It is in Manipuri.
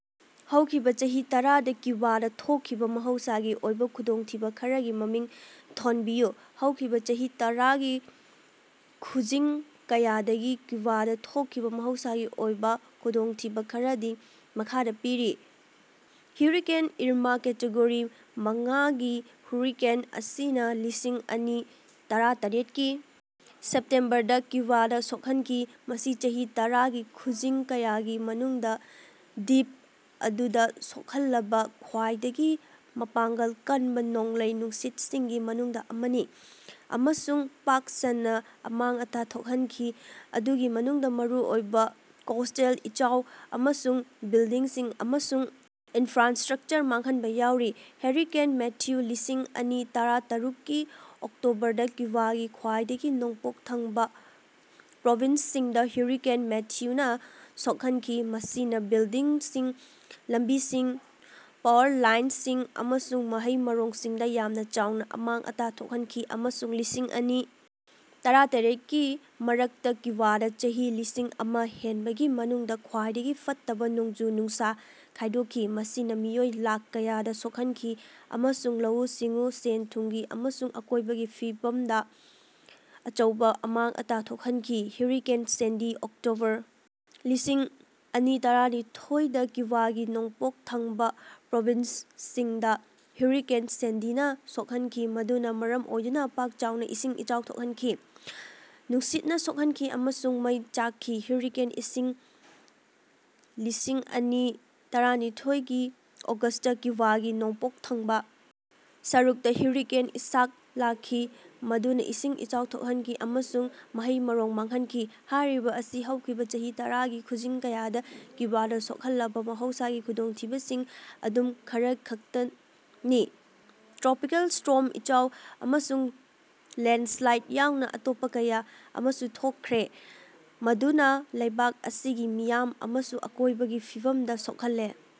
ꯍꯧꯈꯤꯕꯥ ꯆꯍꯤ ꯇꯔꯥꯗꯥ ꯀ꯭ꯌꯨꯕꯥꯗꯥ ꯊꯣꯛꯈꯤꯕꯥ ꯃꯍꯧꯁꯥꯒꯤ ꯑꯣꯏꯕ ꯈꯨꯗꯣꯡꯊꯤꯕꯥ ꯈꯔꯒꯤ ꯃꯃꯤꯡ ꯊꯣꯟꯕꯤꯌꯨ꯫ ꯍꯧꯈꯤꯕꯥ ꯆꯍꯤ ꯇꯔꯥꯒꯤ ꯈꯨꯖꯤꯡ ꯀꯌꯥꯗꯒꯤ ꯀ꯭ꯌꯨꯕꯥꯗꯥ ꯊꯣꯛꯈꯤꯕꯥ ꯃꯍꯧꯁꯥꯒꯤ ꯑꯣꯏꯕ ꯈꯨꯗꯣꯡꯊꯤꯕꯥ ꯈꯔꯗꯤ ꯃꯈꯥꯗꯥ ꯄꯤꯔꯤ꯫ ꯍꯨꯔꯤꯀꯦꯟ ꯏꯔꯃꯥ ꯀꯦꯇꯦꯒꯣꯔꯤ ꯃꯉꯥꯒꯤ ꯍꯨꯔꯤꯀꯦꯟ ꯑꯁꯤꯅꯥ ꯂꯤꯁꯤꯡ ꯑꯅꯤ ꯇꯔꯥꯇꯔꯦꯠꯀꯤ ꯁꯦꯞꯇꯦꯝꯕꯔꯗꯥ ꯀ꯭ꯌꯨꯕꯥꯗꯥ ꯁꯣꯛꯍꯟꯈꯤ, ꯃꯁꯤ ꯆꯍꯤ ꯇꯔꯥꯒꯤ ꯈꯨꯖꯤꯡ ꯀꯌꯥꯒꯤ ꯃꯅꯨꯡꯗꯥ ꯗ꯭ꯕꯤꯞ ꯑꯗꯨꯗꯥ ꯁꯣꯛꯍꯜꯂꯕꯥ ꯈ꯭ꯋꯥꯏꯗꯒꯤ ꯃꯄꯥꯡꯒꯜ ꯀꯟꯕꯥ ꯅꯣꯡꯂꯩ ꯅꯨꯡꯁꯤꯠꯁꯤꯡꯒꯤ ꯃꯅꯨꯡꯗꯥ ꯑꯃꯅꯤ꯫ ꯑꯃꯁꯨꯡ ꯄꯥꯛ ꯁꯟꯅꯥ ꯑꯃꯥꯡ ꯑꯇꯥ ꯊꯣꯛꯍꯟꯈꯤ, ꯃꯗꯨꯒꯤ ꯃꯅꯨꯡꯗꯥ ꯃꯔꯨꯑꯣꯏꯕ ꯀꯣꯁ꯭ꯇꯦꯜ ꯏꯆꯥꯎ ꯑꯃꯁꯨꯡ ꯕꯤꯜꯗꯤꯡꯁꯤꯡ ꯑꯃꯁꯨꯡ ꯏꯅꯐ꯭ꯔꯥꯁ꯭ꯠꯔꯀꯆꯔ ꯃꯥꯡꯍꯟꯕꯥ ꯌꯥꯎꯔꯤ꯫ ꯍꯔꯤꯀꯦꯟ ꯃꯦꯊ꯭ꯌꯨ ꯂꯤꯁꯤꯡ ꯑꯅꯤ ꯇꯔꯥꯇꯔꯨꯛꯒꯤ ꯑꯣꯛꯇꯣꯕꯔꯗꯥ ꯀ꯭ꯌꯨꯕꯥꯒꯤ ꯈ꯭ꯋꯥꯏꯗꯒꯤ ꯅꯣꯡꯄꯣꯛ ꯊꯪꯕꯥ ꯄ꯭ꯔꯣꯕꯤꯟꯁꯁꯤꯡꯗꯥ ꯍꯨꯔꯤꯀꯦꯟ ꯃꯦꯊ꯭ꯌꯨꯅꯥ ꯁꯣꯛꯍꯟꯈꯤ, ꯃꯁꯤꯅꯥ ꯕꯤꯜꯗꯤꯡꯁꯤꯡ, ꯂꯝꯕꯤꯁꯤꯡ, ꯄꯥꯋꯔ ꯂꯥꯏꯅꯁꯤꯡ ꯑꯃꯁꯨꯡ ꯃꯍꯩ ꯃꯔꯣꯡꯁꯤꯡꯗꯥ ꯌꯥꯝꯅ ꯆꯥꯎꯅꯥ ꯑꯃꯥꯡ ꯑꯇꯥ ꯊꯣꯛꯍꯟꯈꯤ ꯑꯃꯁꯨꯡ ꯂꯤꯁꯤꯡ ꯑꯅꯤ ꯇꯔꯥꯇꯔꯦꯠꯀꯤ ꯃꯔꯛꯇꯥ ꯀ꯭ꯌꯨꯕꯥꯗꯥ ꯆꯍꯤ ꯂꯤꯁꯤꯡ ꯑꯃꯥ ꯍꯦꯟꯕꯒꯤ ꯃꯅꯨꯡꯗꯥ ꯈ꯭ꯋꯥꯏꯗꯒꯤ ꯐꯠꯇꯕꯥ ꯅꯣꯡꯖꯨ ꯅꯨꯡꯁꯥ ꯈꯥꯏꯗꯣꯛꯈꯤ꯫ ꯃꯁꯤꯅꯥ ꯃꯤꯑꯣꯏ ꯂꯥꯈ ꯀꯌꯥꯗꯥ ꯁꯣꯛꯍꯟꯈꯤ ꯑꯃꯁꯨꯡ ꯂꯧꯎ ꯁꯤꯡꯎ, ꯁꯦꯟ ꯊꯨꯝꯒꯤ ꯑꯃꯁꯨꯡ ꯑꯀꯣꯏꯕꯒꯤ ꯐꯤꯝꯗꯥ ꯑꯆꯧꯕꯥ ꯑꯃꯥꯡ ꯑꯇꯥ ꯊꯣꯛꯍꯟꯈꯤ꯫ ꯍꯨꯔꯤꯀꯦꯟ ꯁꯦꯟꯗꯤ ꯑꯣꯛꯇꯣꯕꯔ ꯂꯤꯁꯤꯡ ꯑꯅꯤ ꯇꯔꯥꯅꯤꯊꯣꯏ ꯗꯥ ꯀ꯭ꯌꯨꯕꯥꯒꯤ ꯅꯣꯡꯄꯣꯛ ꯊꯪꯕꯥ ꯄ꯭ꯔꯣꯚꯤꯟꯁꯁꯤꯡꯗꯥ ꯍꯨꯔꯤꯀꯦꯟ ꯁꯦꯟꯗꯤꯅꯥ ꯁꯣꯛꯍꯟꯈꯤ, ꯃꯗꯨꯅꯥ ꯃꯔꯝ ꯑꯣꯏꯗꯨꯅꯥ ꯄꯥꯛ ꯆꯥꯎꯅꯥ ꯏꯁꯤꯡ ꯏꯆꯥꯎ ꯊꯣꯛꯍꯟꯈꯤ, ꯅꯨꯡꯁꯤꯠꯅꯥ ꯁꯣꯛꯍꯟꯈꯤ ꯑꯃꯁꯨꯡ ꯃꯩ ꯆꯥꯛꯈꯤ꯫ ꯍꯨꯔꯤꯀꯦꯟ ꯏꯁꯥꯛ ꯂꯤꯁꯤꯡ ꯑꯅꯤ ꯇꯔꯥꯅꯤꯊꯣꯏꯒꯤ ꯑꯣꯒꯁ꯭ꯇꯇꯥ ꯀ꯭ꯌꯨꯕꯥꯒꯤ ꯅꯣꯡꯄꯣꯛ ꯊꯪꯕꯥ ꯁꯔꯨꯛꯇꯥ ꯍꯨꯔꯤꯀꯦꯟ ꯏꯁꯥꯛ ꯂꯥꯛꯈꯤ ꯃꯗꯨꯅꯥ ꯏꯁꯤꯡ ꯏꯆꯥꯎ ꯊꯣꯛꯍꯟꯈꯤ ꯑꯃꯁꯨꯡ ꯃꯍꯩ-ꯃꯔꯣꯡ ꯃꯥꯡꯍꯟꯈꯤ꯫ ꯍꯥꯏꯔꯤꯕꯥ ꯑꯁꯤ ꯍꯧꯈꯤꯕꯥ ꯆꯍꯤ ꯇꯔꯥꯒꯤ ꯈꯨꯖꯤꯡ ꯀꯌꯥꯗꯥ ꯀ꯭ꯌꯨꯕꯥꯗꯥ ꯁꯣꯛꯍꯜꯂꯕꯥ ꯃꯍꯧꯁꯥꯒꯤ ꯈꯨꯗꯣꯡꯊꯤꯕꯁꯤꯡꯒꯤ ꯈꯨꯗꯝ ꯈꯔꯈꯛꯇꯅꯤ꯫ ꯇ꯭ꯔꯣꯄꯤꯀꯦꯜ ꯁ꯭ꯇꯣꯔꯝ, ꯏꯆꯥꯎ, ꯑꯃꯁꯨꯡ ꯂꯦꯟꯗꯁ꯭ꯂꯥꯏꯗ ꯌꯥꯎꯅꯥ ꯑꯇꯣꯞꯄꯥ ꯀꯌꯥ ꯑꯃꯁꯨ ꯊꯣꯛꯈ꯭ꯔꯦ, ꯃꯗꯨꯅꯥ ꯂꯩꯕꯥꯛ ꯑꯁꯤꯒꯤ ꯃꯤꯌꯥꯝ ꯑꯃꯁꯨꯡ ꯑꯀꯣꯏꯕꯒꯤ ꯐꯤꯕꯝꯗꯥ ꯁꯣꯛꯍꯜꯂꯦ꯫